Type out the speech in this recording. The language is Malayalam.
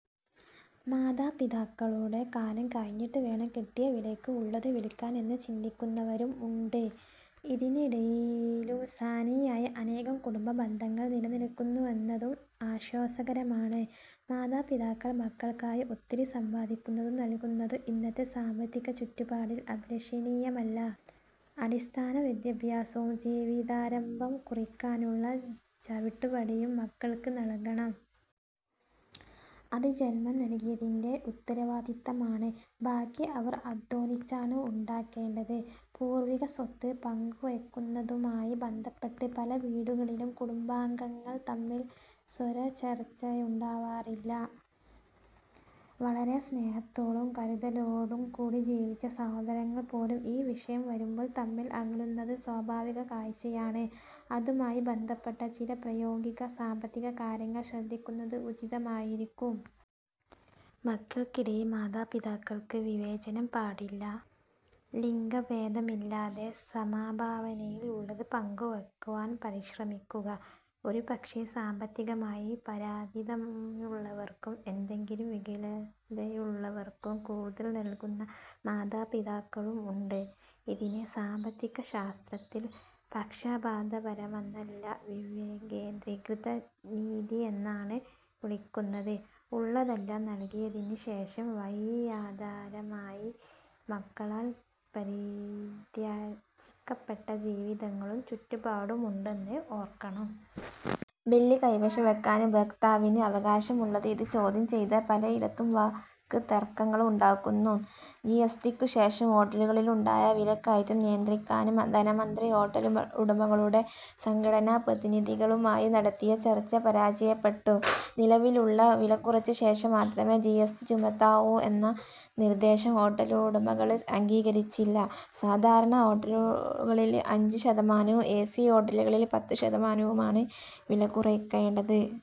മാതാപിതാക്കളുടെ കാലം കഴിഞ്ഞിട്ട് വേണം കിട്ടിയ വിലയ്ക്ക് ഉള്ളത് വിൽക്കാൻ എന്ന് ചിന്തിക്കുന്നവരും ഉണ്ട്. ഇതിനിടയിലും സ്ഥായിയായ അനേകം കുടുംബ ബന്ധങ്ങൾ നിലനിൽക്കുന്നുവെന്നതും ആശ്വാസകരമാണ്. മാതാപിതാക്കൾ മക്കൾക്കായി ഒത്തിരി സമ്പാദിക്കുന്നതും നൽകുന്നതും ഇന്നത്തെ സാമ്പത്തിക ചുറ്റുപാടിൽ അഭിലഷണീയമല്ല. അടിസ്ഥാന വിദ്യാഭ്യാസവും ജീവിതാരംഭം കുറിക്കാനുള്ള ചവിട്ടുപടിയും മക്കൾക്ക് നൽകണം. അത് ജന്മം നൽകിയതിന്റെ ഉത്തരവാദിത്വമാണ്. ബാക്കി അവർ അദ്ധ്വാനിച്ചാണ് ഉണ്ടാക്കേണ്ടത്. പൂർവികസ്വത്ത് പങ്കുവയ്ക്കുന്നതുമായി ബന്ധപ്പെട്ട് പല വീടുകളിലും കുടുംബാംഗങ്ങൾ തമ്മിൽ സ്വരച്ചേർച്ചയുണ്ടാവാറില്ല. വളരെ സ്നേഹത്തോടും കരുതലോടും കൂടി ജീവിച്ച സഹോദരങ്ങൾ പോലും ഈ വിഷയം വരുമ്പോൾ തമ്മിൽ അകലുന്നത് സ്വാഭാവിക കാഴ്ചയാണ്. അതുമായി ബന്ധപ്പെട്ട ചില പ്രായോഗിക സാമ്പത്തിക കാര്യങ്ങൾ ശ്രദ്ധിക്കുന്നത് ഉചിതമായിരിക്കും. മക്കൾക്കിടയിൽ മാതാപിതാക്കൾക്ക് വിവേചനം പാടില്ല. ലിംഗഭേദമില്ലാതെ സമഭാവനയിൽ ഉള്ളത് പങ്കുവയ്ക്കുവാൻ പരിശ്രമിക്കുക. ഒരുപക്ഷേ സാമ്പത്തികമായി പരാധീനതയുള്ളവർക്കും എന്തെങ്കിലും വികലതയുള്ളവർക്കും കൂടുതൽ നൽകുന്ന മാതാപിതാക്കളും ഉണ്ട്. ഇതിനെ സാമ്പത്തിക ശാസ്ത്രത്തിൽ പക്ഷപാതപരമെന്നല്ല വികേന്ദ്രീകൃത നീതിയെന്നാണ് വിളിക്കുന്നത്. ഉള്ളതെല്ലാം നൽകിയതിനുശേഷം വഴിയാധാരമായി മക്കളാൽ പരിത്യജിക്കപ്പെട്ട ജീവിതങ്ങളും ചുറ്റുപാടുമുണ്ടെന്ന് ഓർക്കണം. ബില്ല് കൈവശംവെയ്ക്കാന് ഉപഭോക്താവിനാണ് അവകാശമുള്ളത്. ഇത് ചോദ്യം ചെയ്ത പലയിടത്തും വാക്ക്തര്ക്കങ്ങള് ഉണ്ടാകുന്നു. ജിഎസ്ടിക്കുശേഷം ഹോട്ടലുകളിലുണ്ടായ വിലക്കയറ്റം നിയന്ത്രിക്കാന് ധനമന്ത്രി ഹോട്ടലുടമകളുടെ സംഘടനാപ്രതിനിധികളുമായി നടത്തിയ ചര്ച്ച പരാജയപ്പെട്ടിരുന്നു. നിലവിലുള്ള വിലകുറച്ചശേഷംമാത്രമെ ജിഎസ്ടി ചുമത്താവൂയെന്ന നിര്ദേശം ഹോട്ടലുടമകള് അംഗീകരിച്ചില്ല. സാധാരണ ഹോട്ടലുകളില് അഞ്ച് ശതമാനവും എസി ഹോട്ടലുകളില് പത്ത് ശതമാനവുമാണ് വിലകുറയ്ക്കേണ്ടത്.